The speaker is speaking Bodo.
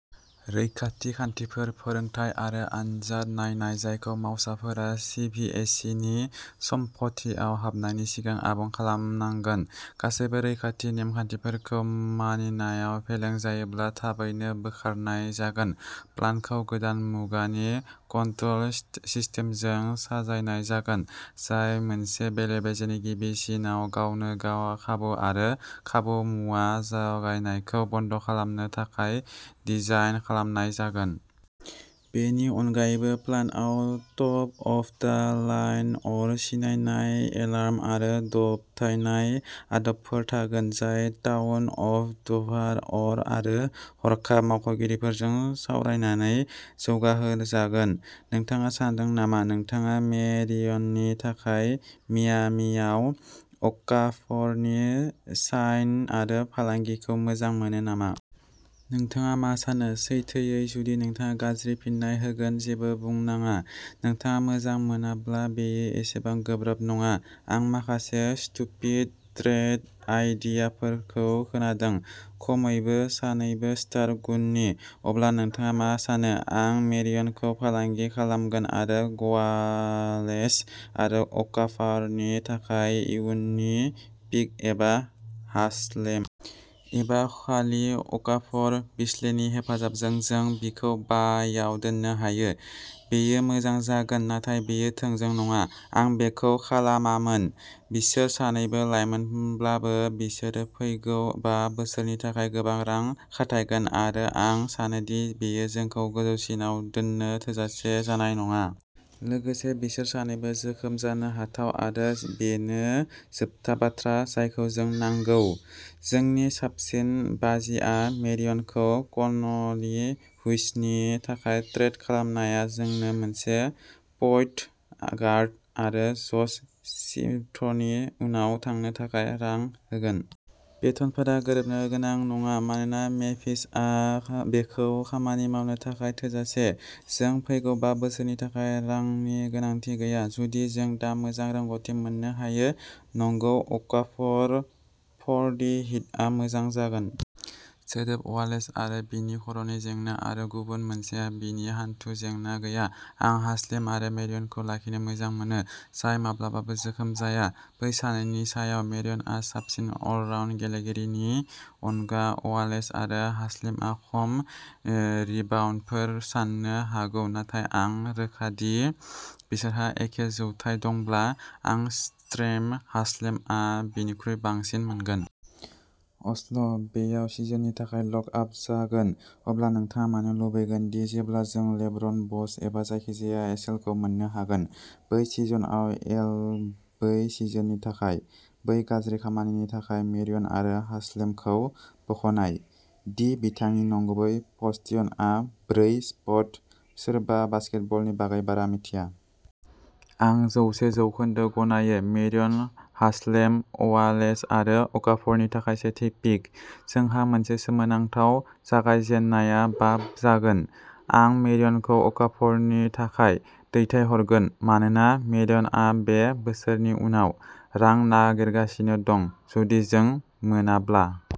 रैखाथि खान्थिफोर, फोरोंथाय आरो आनजाद नायनाय जायखौ मावसाफोरा सि भि ए सि नि सम्फथियाव हाबनायनि सिगां आबुं खालामनांगोन। गासैबो रैखाथि नेमखान्थिफोरखौ मानिनायाव फेलें जायोब्ला थाबैनो बोखारनाय जागोन। प्लान्टखौ गोदान मुगानि कन्ट्रल सिस्टेमजों साजायनाय जागोन, जाय मोनसे बेले-बेजेनि गिबि सिनआव गावनो-गाव खाबु आरो खाबु मुवा जगायनायखौ बन्द खालामनो थाखाय डिजाइन खालामनाय जागोन। बेनि अनगायैबो, प्लान्टआव टप अफ दा लाइन अर सिनायनाय, एलार्म आरो दबथायनाय आदबफोर थागोन, जाय टाउन अफ डभार अर आरो हरखाब मावख'गिरिफोरजों सावरायनानै जौगाहोजागोन। नोंथाङा सानदों नामा, नोंथाङा मेरियननि थाखाय मियामिआव अकाफरनि साइन आरो फालांगिखौ मोजां मोनो नामा। नोंथाङा मा सानो? सैथोयै, जुदि नोंथाङा गाज्रि फिननाय होगोन, जेबो बुंनाङा। नोंथाङा मोजां मोनाब्ला बेयो एसेबां गोब्राब नङा। आं माखासे स्टुपिड ट्रेड आइडियाफोरखौ खोनादों। खमैबो सानैबो स्टार गुननि। अब्ला नोंथाङा मा सानो। आं मेरियनखौ फालांगि खालामगोन, आरो गवालेस आरो अकाफारनि थाखाय इयुननि पिक एबा हासलेम। एबा खालि अकाफर। बिस्लेनि हेफाजाबजों जों बिखौ बा याव दोननो हायो। बेयो मोजां जागोन नाथाय बेयो थोंजों नङा। आं बेखौ खालामामोन। बिसोर सानैबो लाइमोनब्लाबो बिसोरो फैगौ बा बोसोरनि थाखाय गोबां रां खाथायगोन आरो आं सानो दि बेयो जोंखौ गोजौसिनाव दोननो थोजासे जानाय नङा। लोगोसे बिसोर सानैबो जोखोम जानो हाथाव आरो बेनो जोबथा बाथ्रा जायखौ जों नांगौ। जोंनि साबसिन बाजिआ मेरियनखौ क न लि हुइसनि थाखाय ट्रेड खालामनाया जोंनो मोनसे पइन्ट गार्ड आरो जस स्मिथनि उनाव थांनो थाखाय रां होगोन। बेथनफोरा गोरोबनो गोनां नङा मानोना मेम्फिसआ बेखौ खामानि मावनो थाखाय थोजासे। जोंनो फैगौ बा बोसोरनि थाखाय रांनि गोनांथि गैया। जुदि जों दा मोजां रोंग'थि मोननो हायो। नंगौ अकाफर फर दि हिटआ मोजां जागोन। सोदोब, अवालेस आरो बिनि खर'नि जेंना आरो गुबुन मोनसेआ बिनि हानथु जेंना गैया, आं हासलेम आरो मेरियनखौ लाखिनो मोजां मोनो, जाय माब्लाबाबो जोखोम जाया, बै सानैनि सायाव। मेरियनआ साबसिन अलराउन्ड गेलेगिरिनि अनगा अवालेस आरो हासलेमआ खम रिबाउन्डफोर साननो हागौ नाथाय आं रोखा दि बिसोरहा एखे जौथाय दंब्ला, आरो स्ट्रें हासलेमआ बिनिख्रुइ बांसिन मोनगोन। अस्ल' बेयाव सिजोननि थाखाय लक आप जागोन, अब्ला नोंथाङा मानो लुबैगोन दि जेब्ला जों लेब्रन, ब'श एबा जायखिजाया एसलेखौ मोन्नो हागोन। बै सिजनआव एल बै सिजोननि थाखाय। बै गाज्रि खामानिनि थाखाय मेरियन आरो हासलेमखौ बाखनाय, दि बिथांनि नंगुबै प'स्टियनआ ब्रै स्पट, सोरबा बास्केटबलनि बागै बारा मिथिया। आं जौसे जौखोन्दो गनायो मेरियन हासलेम अवालेस आरो अकाफरनि थाखाय सेथि पिक, जोंहा मोनसे सोमोनांथाव जागायजेननाया बा जागोन। आं मेरियनखौ अकाफरनि थाखाय दैथायहरगोन मानोना मेरियनआ बे बोसोरनि उनाव रां नागिरगासिनो दं। जुदि जों मोनाब्ला।